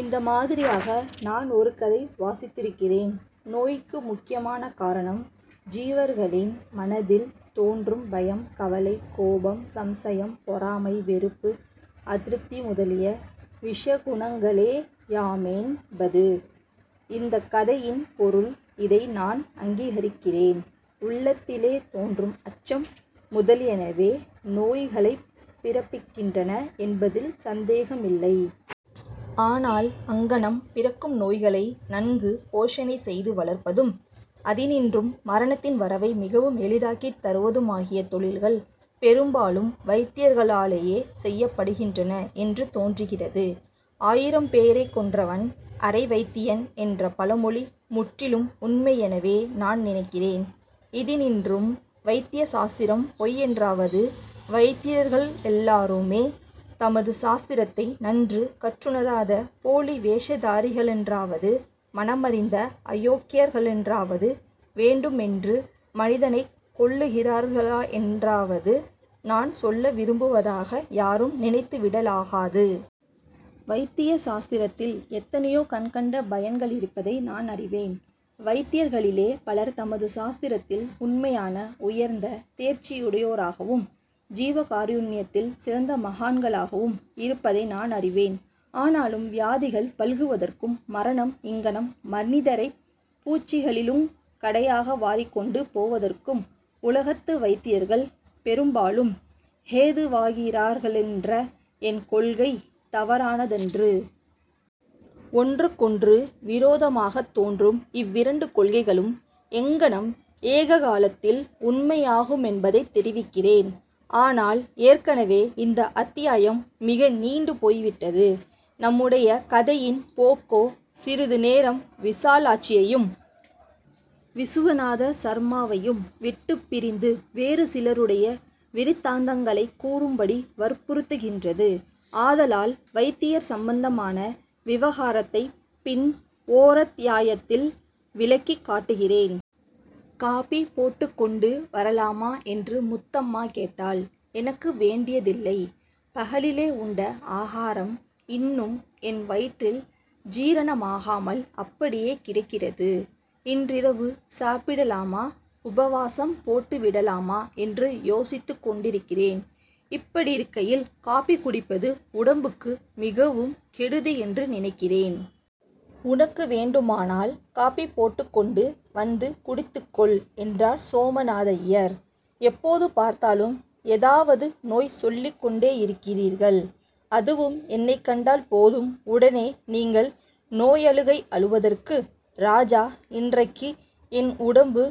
இந்த மாதிரியாக நான் ஒரு கதை வாசித்திருக்கிறேன். நோய்க்கு முக்கியமான காரணம் ஜீவர்களின் மனதில் தோன்றும் பயம், கவலை, கோபம், சம்சயம், பொறாமை, வெறுப்பு, அதிருப்தி முதலிய விஷகுணங்களேயாமென்பது இந்தக் கதையின் பொருள். இதை நான் அங்கீகரிக்கிறேன். உள்ளத்திலே தோன்றும் அச்சம் முதலியனவே நோய்களைப் பிறப்பிக்கின்றன என்பதில் சந்தேகமில்லை. ஆனால் அங்ஙனம் பிறக்கும் நோய்களை நன்கு போஷணை செய்து வளர்ப்பதும், அதினின்றும் மரணத்தின் வரவை மிகவும் எளிதாக்கித் தருவதுமாகிய தொழில்கள் பெரும்பாலும் வைத்தியர்களாலேயே செய்யப்படுகின்றன என்று தோன்றுகிறது. ஆயிரம் பேரைக் கொன்றவன் அரை வைத்தியன் என்ற பழமொழி முற்றிலும் உண்மையெனவே நான் நினைக்கிறேன். இதினின்றும் வைத்திய சாஸ்திரம் பொய்யென்றாவது, வைத்தியர்களெல்லாருமே தமது சாஸ்த்திரத்தை நன்று கற்றுணராத போலி வேஷதாரிகளென்றாவது மனமறிந்த அயோக்யர்-களென்றாவது, வேண்டுமென்று மனிதனைக் கொல்லுகிறார்களென்றாவது நான் சொல்ல விரும்புவதாக யாரும் நினைத்து விடலாகாது. வைத்திய சாஸ்திரத்தில் எத்தனையோ கண்கண்ட பயன்களிருப்பதை நான் அறிவேன். வைத்தியர்களிலே பலர் தமது சாஸ்திரத்தில் உண்மையான உயர்ந்த தேர்ச்சியுடையோராகவும் ஜீவகாருண்யத்தில் சிறந்த மகான்களாகவும் இருப்பதை நான் அறிவேன். ஆனாலும், வியாதிகள் பல்குவதற்கும், மரணம் இங்ஙனம் மனிதரைப் பூச்சிகளிலுங் கடையாக வாரிக்கொண்டு போவதற்கும் உலகத்து வைத்தியர்கள் பெரும்பாலும் ஹேதுவாகிறார்களென்ற என் கொள்கை தவறானதன்று. ஒன்றுக்கொன்று விரோதமாகத் தோன்றும் இவ்விரண்டு கொள்கைகளும் எங்ஙனம் ஏககாலத்தில் உண்மையாகுமென்பதைத் தெரிவிக்கிறேன். ஆனால், ஏற்கெனவே இந்த அத்தியாயம் மிக நீண்டு போய்விட்டது. நம்முடைய கதையின் போக்கோ சிறிது நேரம் விசாலாட்சியையும் விசுவநாத சர்மாவையும் விட்டுப் பிரிந்து வேறு சிலருடைய விருத்தாந்தங்களைக் கூறும்படி வற்புறுத்துகின்றது. ஆதலால் வைத்தியர் சம்பந்தமான விவகாரத்தைப் பின் ஓரத்யாயத்தில் விளக்கிக் காட்டுகிறேன். ''காபி போட்டுக் கொண்டு வரலாமா? '' என்று முத்தம்மா கேட்டாள். ''எனக்கு வேண்டியதில்லை. பகலிலே உண்ட ஆகாரம் இன்னும் என் வயிற்றில் ஜீரணமாகாமல் அப்படியே கிடக்கிறது. இன்றிரவு சாப்பிடலாமா, உபவாசம் போட்டு விடலாமா என்று யோசித்துக் கொண்டிருக்கிறேன். இப்படியிருக்கையில் காபி குடிப்பது உடம்புக்கு மிகவும் கெடுதியென்று நினைக்கிறேன். உனக்கு வேண்டுமானால் காபி போட்டுக் கொண்டு வந்து குடித்துக் கொள்'' என்றார் சோமநாதய்யர். ''எப்போது பார்த்தாலும் ஏதாவது நோய் சொல்லிக் கொண்டேயிருக்கிறீர்கள். அதுவும் என்னைக் கண்டால் போதும், உடனே நீங்கள் நோயழுகை அழுவதற்கு ராஜா. 'இன்றைக்கு என் உடம்பு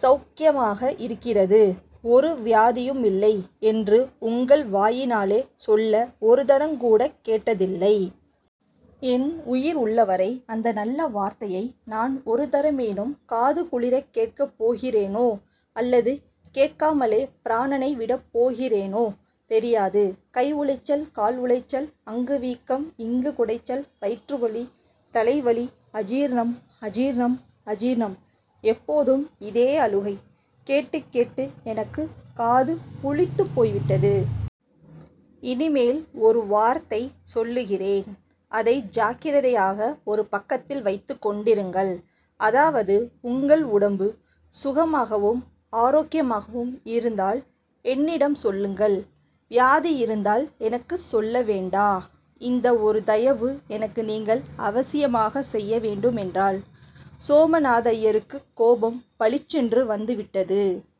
ஸௌக்யமாக இருக்கிறது. ஒரு வியாதியுமில்லை' என்று உங்கள் வாயினாலே சொல்ல ஒரு தரங்கூடக் கேட்டதில்லை. என் உயிர் உள்ளவரை அந்த நல்ல வார்த்தையை நான் ஒரு தரமேனும் காது குளிரக் கேட்கப் போகிறேனோ, அல்லது கேட்காமலே பிராணனை விடப் போகிறேனோ, தெரியாது. கை உளைச்சல், கால் உளைச்சல், அங்கு வீக்கம், இங்கு குடைச்சல், வயிற்றுவலி, தலைவலி, அஜீர்ணம், அஜீர்ணம், அஜீர்ணம்-எப்போதும் இதே அழுகை கேட்டுக் கேட்டு எனக்குக் காது புளித்துப் போய்விட்டது. இனிமேல் ஒரு வார்த்தை சொல்லுகிறேன். அதை ஜாக்கிரதையாக ஒரு பக்கத்தில் வைத்துக் கொண்டிருங்கள். அதாவது, உங்கள் உடம்பு சுகமாகவும் ஆராக்கியமாகவும் இருந்தால் என்னிடம் சொல்லுங்கள். வியாதியிருந்தால் எனக்குச் சொல்ல வேண்டா. இந்த ஒரு தயவு எனக்கு நீங்கள் அவசியமாகச் செய்யவேண்டும்'' என்றாள். சோமநாதய்யருக்குக் கோபம் பளிச்சென்று வந்துவிட்டது.